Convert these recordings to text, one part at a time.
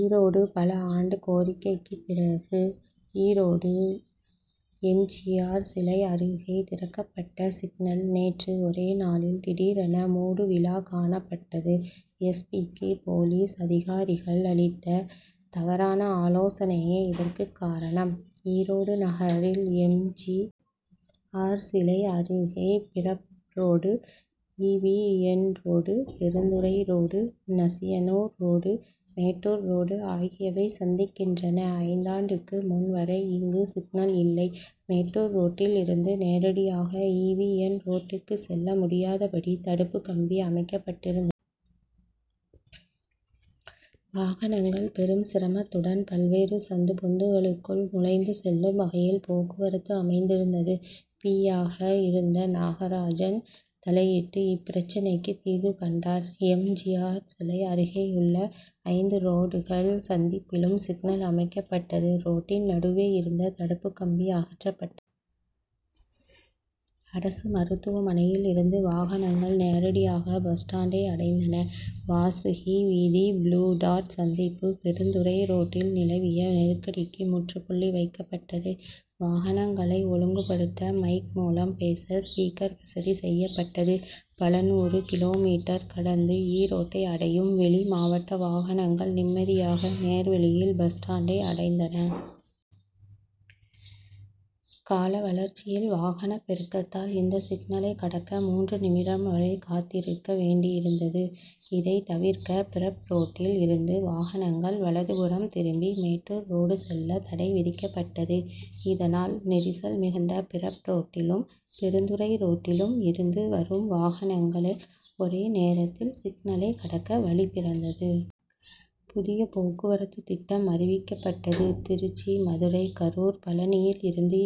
ஈரோடு பல ஆண்டு கோரிக்கைக்கு பிறகு ஈரோடு எம். ஜி. ஆர்., சிலை அருகே திறக்கப்பட்ட சிக்னல், நேற்று ஒரே நாளில் திடீரென மூடு விழா காணப்பட்டது. எஸ். பி.,க்கு போலீஸ் அதிகாரிகள் அளித்த தவறான ஆலோசனையே இதற்கு காரணம். ஈரோடு நகரில் எம். ஜி. ஆர்., சிலை அருகே Brough road, E. V. N. Road, Perundurai road, Nasiyanur road, Mettur road ஆகியவை சந்திக்கின்றன. ஐந்தாண்டுக்கு முன் வரை இங்கு சிக்னல் இல்லை. மேட்டூர் ரோட்டில் இருந்து நேரடியாக ஈ. வி. என். ரோட்டுக்கு செல்ல முடியாதபடி தடுப்பு கம்பி அமைக்கப்பட்டிருந்தது. வாகனங்கள் பெரும் சிரமத்துடன் பல்வேறு சந்து பொந்துகளுக்குள் நுழைந்து செல்லும் வகையில் போக்குவரத்து அமைந்திருந்தது. பி.,யாக இருந்த நாகராஜன் தலையிட்டு இப்பிரச்னைக்கு தீர்வு கண்டார். எம். ஜி. ஆர். சிலை அருகேயுள்ள ஐந்து ரோடுகள் சந்திப்பிலும் சிக்னல் அமைக்கப்பட்டது. ரோட்டின் நடுவே இருந்த தடுப்பு கம்பி அகற்றப்பட்டது. அரசு மருத்துவமனையில் இருந்து வாகனங்கள் நேரடியாக பஸ் ஸ்டாண்டை அடைந்தன. வாசுகி வீதி, புளூ டாட் சந்திப்பு, பெருந்துறை ரோட்டில் நிலவிய நெருக்கடிக்கு முற்றுப்புள்ளி வைக்கப்பட்டது. வாகனங்களை ஒழுங்குபடுத்த மைக் மூலம் பேச ஸ்பீக்கர் வசதி செய்யப்பட்டது. பல நூறு கி. மீ., கடந்து ஈரோட்டை அடையும் வெளி மாவட்ட வாகனங்கள் நிம்மதியாக நேர் வழியில் பஸ் ஸ்டாண்டை அடைந்தன. கால வளர்ச்சியில் வாகனப் பெருக்கத்தால் இந்த சிக்னலை கடக்க மூன்று நிமிடம் வரை காத்திருக்க வேண்டியிருந்தது. இதை தவிர்க்க பிரப் ரோட்டில் இருந்து வாகனங்கள் வலதுபுறம் திரும்பி மேட்டூர் ரோடு செல்ல தடை விதிக்கப்பட்டது. இதனால், நெரிசல் மிகுந்த பிரப் ரோட்டிலும், பெருந்துறை ரோட்டிலும் இருந்து வரும் வாகனங்கள் ஒரே நேரத்தில் சிக்னலை கடக்க வழி பிறந்தது. புதிய போக்குவரத்து திட்டம் அறிவிக்கப்பட்டது. திருச்சி, மதுரை கரூர், பழனியில் இருந்து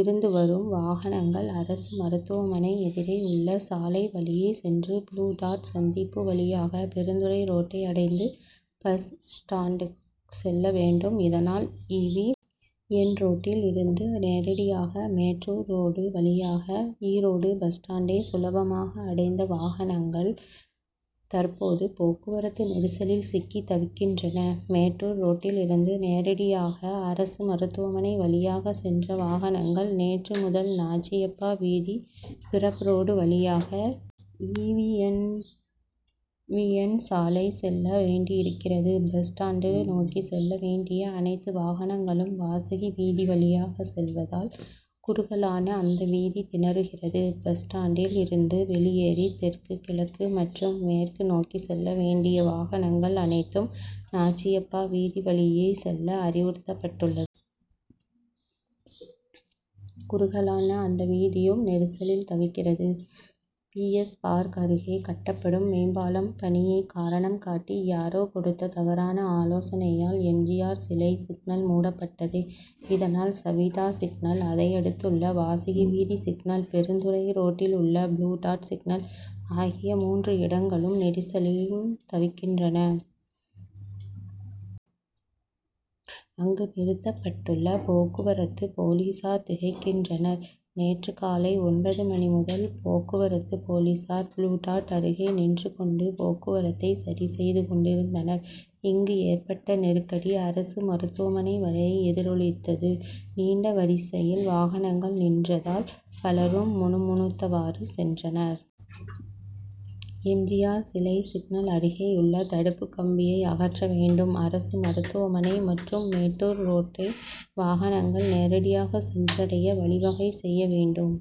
இருந்து வரும் வாகனங்கள் அரசு மருத்துவமனை எதிரே உள்ள சாலை வழியே சென்று, புளூ டாட்' சந்திப்பு வழியாக பெருந்துறை ரோட்டை அடைந்து பஸ் ஸ்டாண்டு செல்ல வேண்டும். இதனால், ஈ. வி. என்., ரோட்டில் இருந்து நேரடியாக மேட்டூர் ரோடு வழியாக ஈரோடு பஸ் ஸ்டாண்டை சுலபமாக அடைந்த வாகனங்கள் தற்போது போக்குவரத்து நெரிசலில் சிக்கி தவிக்கின்றன. மேட்டூர் ரோட்டில் இருந்து நேரடியாக அரசு மருத்துவமனை வழியாக சென்ற வாகனங்கள், நேற்று முதல் நாச்சியப்பா வீதி, பிரப் ரோடு, வழியாக. இ.வி. என்., சாலை செல்ல வேண்டியிருக்கிறது. பஸ் ஸ்டாண்டு நோக்கி செல்ல வேண்டிய அனைத்து வாகனங்களும் வாசுகி வீதி வழியாக செல்வதால், குறுகலான அந்த வீதி திணறுகிறது. பஸ் ஸ்டாண்டில் இருந்து வெளியேறி தெற்கு, கிழக்கு மற்றும் மேற்கு நோக்கி செல்ல வேண்டிய வாகனங்கள் அனைத்தும் நாச்சியப்பா வீதி வழியே செல்ல அறிவுறுத்தப்பட்டுள்ளது. குறுகலான அந்த வீதியும் நெரிசலில் தவிக்கிறது. பி. எஸ். பார்க் அருகே கட்டப்படும் மேம்பாலம் பணியை காரணம் காட்டி, யாரோ கொடுத்த தவறான ஆலோசனையால் எம். ஜி. ஆர். சிலை சிக்னல் மூடப்பட்டது. இதனால், சவீதா சிக்னல், அதையடுத்துள்ள வாசுகி வீதி சிக்னல், பெருந்துறை ரோட்டில் உள்ள புளூ டாட்' சிக்னல் ஆகிய மூன்று இடங்களும் நெரிசலும் தவிக்கின்றன. அங்கு நிறுத்தப்பட்டுள்ள போக்குவரத்து போலீஸார் திகைக்கின்றனர். நேற்று காலை ஒன்பது மணி முதல் போக்குவரத்து போலீஸார், புளூ டாட்' அருகே நின்று கொண்டு போக்குவரத்தை சரி செய்து கொண்டிருந்தனர். இங்கு ஏற்பட்ட நெருக்கடி, அரசு மருத்துவமனை வரை எதிரொலித்தது. நீண்ட வரிசையில் வாகனங்கள் நின்றதால் பலரும் முணுமுணுத்தவாறு சென்றனர். எம். ஜி. ஆர்., சிலை சிக்னல் அருகேயுள்ள தடுப்பு கம்பியை அகற்ற வேண்டும். அரசு மருத்துவமனை மற்றும் மேட்டூர் ரோட்டை வாகனங்கள் நேரடியாக சென்றடைய வழி வகை செய்ய வேண்டும்.